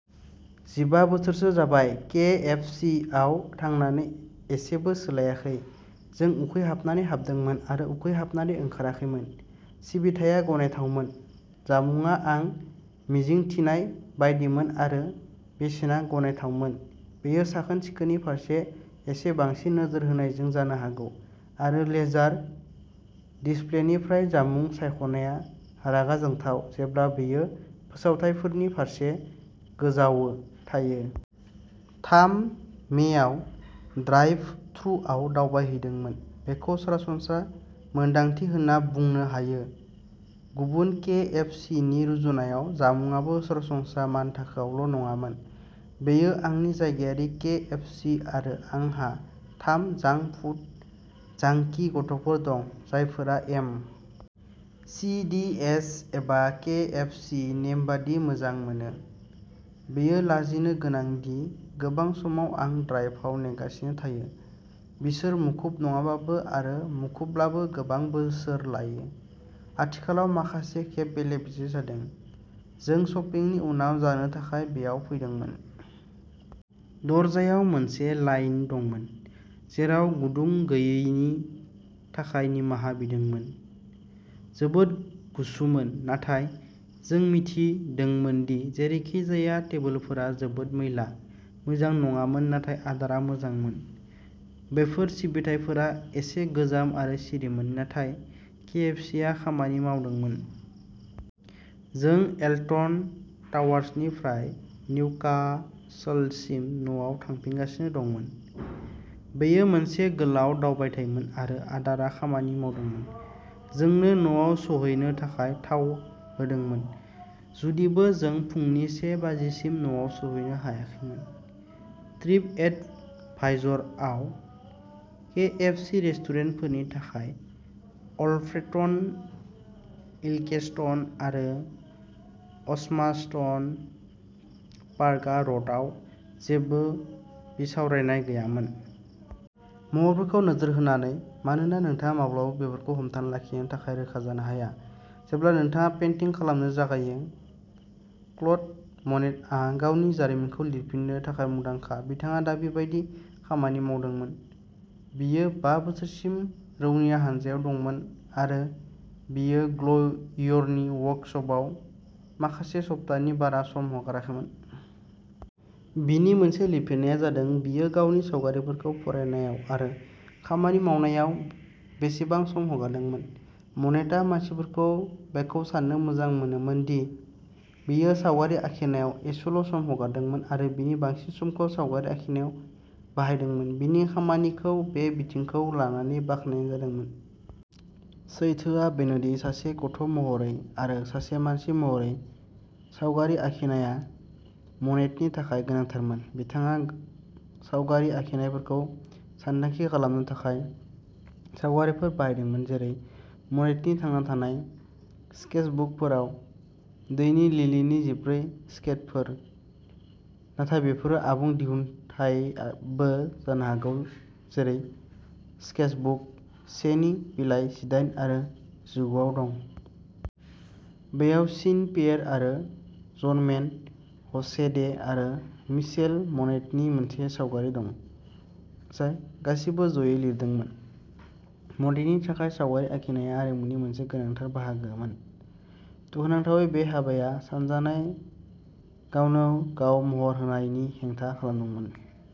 जिबा बोसोरसो जाबाय, के एफ सि आव थांनानै एसेबो सोलायाखै। जों उखैहाबनानै हाबदोंमोन आरो उखैहाबनानै ओंखाराखैमोन। सिबिथाया गनायथावमोन, जामुंआ आं मिजिंथिनाय बायदिमोन आरो बेसेना गनायथावमोन। बेयो साखोन-सिखोननि फारसे एसे बांसिन नोजोर होनायजों जानो हागौ, आरो लेजार डिस्प्लेनिफ्राय जामुं सायख'नाया रागा जोंथाव, जेब्ला बेयो फोसावथायफोरनि फारसे गोजावो थायो। थाम मेआव ड्राइभ-थ्रुआव दावबायहैदोंमोन। बेखौ सरासनस्रा मोनदांथि होनना बुंनो हायो, गुबुन के एफ सि नि रुजुनायाव जामुंआबो सरासनस्रा मानथाखोआवल' नङामोन। बेयो आंनि जायगायारि के एफ सि आरो आंहा जांक फुड जांकि गथ'फोर दं, जायफोरा एम सि डि एस एबा के एफ सि नेमबादि मोजां मोनो। बेयो लाजिनोगोनां दि गोबां समाव आं ड्राइभआव नेगासिनो थायो, बिसोर मुखुब नङाब्लाबो आरो मुखुबब्लाबो गोबां बोसोर लायो। आथिखालाव माखासे खेब बेले-बेजे जादों। जों शपिंनि उनाव जानो थाखाय बेयाव फैदोंमोन। दरजायाव मोनसे साइन दंमोन, जेराव गुदुं गैयैनि थाखाय निमाहा बिदोंमोन। जोबोद गुसुमोन, नाथाय जों मिथिदोंमोन दि जेरैखिजाया टेबोलफोरा जोबोद मैला, मोजां नङामोन नाथाय आदारा मोजांमोन। बेफोर सिबिथाइफोरा एसे गोजाम आरो सिरिमोन, नाथाय केएफसिआ खामानि मावदोंमोन। जों एल्टन टावार्सनिफ्राय निउकासलसिम न'आव थांफिनगासिनो दंमोन, बेयो मोनसे गोलाव दावबायथायमोन आरो आदारा खामानि मावदोंमोन, जोंनो न'आव सौहैनो थाखाय थाव होदोंमोन, जुदिबो जों फुंनि से बाजिसिम न'आव सौहैनो हायाखैमोन ट्रिपएडभाइजरआव केएफसि रेस्टुरेन्टफोरनि थाखाय अल्फ्रेटन, इल्केस्टन आरो असमास्टन पार्क र'डआव जेबो बिसावरायनाय गैयामोन। महरफोरखौ नोजोर होनानै, मानोना नोंथाङा माब्लाबाबो बेफोरखौ हमथाना लाखिनो थाखाय रोखा जानो हाया, जेब्ला नोंथाङा पेन्टिं खालामनो जागायो। क्ल'ड मनेटआ गावनि जारिमिनखौ लिरफिन्नो थाखाय मुंदांखा। बिथाङा दाबि बायदि खामानि मावदोंमोन। बियो बा बोसोरसिम रौनिया हानजायाव दंमोन आरो बियो ग्लेयरनि वर्कसपआव माखासे सप्तानि बारा सम हगाराखैमोन। बिनि मोनसे लिरफिननाया जादों बियो गावनि सावगारिफोरखौ फरायनायाव आरो खामानि मावनायाव बेसेबां सम हगारदोंमोन। मनेटआ मानसिफोरखौ बेखौ सान्नो मोजां मोनोमोन दि बियो सावगारि आखिनायाव एसेल'सम हगारदोंमोन आरो बिनि बांसिन समखौ सावगारि आखिनायाव बाहायदोंमोन, बिनि खामानिखौ बे बिथिंखौ लानानै बाख्नायनाय जादोंमोन। सैथोआ बेनोदि सासे गथ'महरै आरो सासे मानसि महरै सावगारि आखिनाया मनेटनि थाखाय गोनांथारमोन। बिथाङा सावगारि आखिनायफोरखौ सानथांखि खालामनो थाखाय सावगारिफोर बाहायदोंमोन, जेरै मनेटनि थांना थानाय स्केचबुकफोराव दैनि लिलिनि जिब्रै स्केचफोर, नाथाय बेफोरो आबुं दिहुनथायबो जानो हागौ जेरै स्केचबुक से नि बिलाइ जिदाइन आरो जिगु आव दं। बेयाव जीन-पियेर आरो जर्मेन ह'शेडे आरो मिशेल मनेटनि मोनसे सावगारि दं, जाय गासैबो ज'यै लिरदोंमोन। मनेटनि थाखाय, सावगारि आखिनायआ आरिमुनि मोनसे गोनांथार बाहागोमोन; दुखुनांथावै बे हाबाया सानजानाय गावनो-गाव महर होनायनि हेंथा खालामदोंमोन।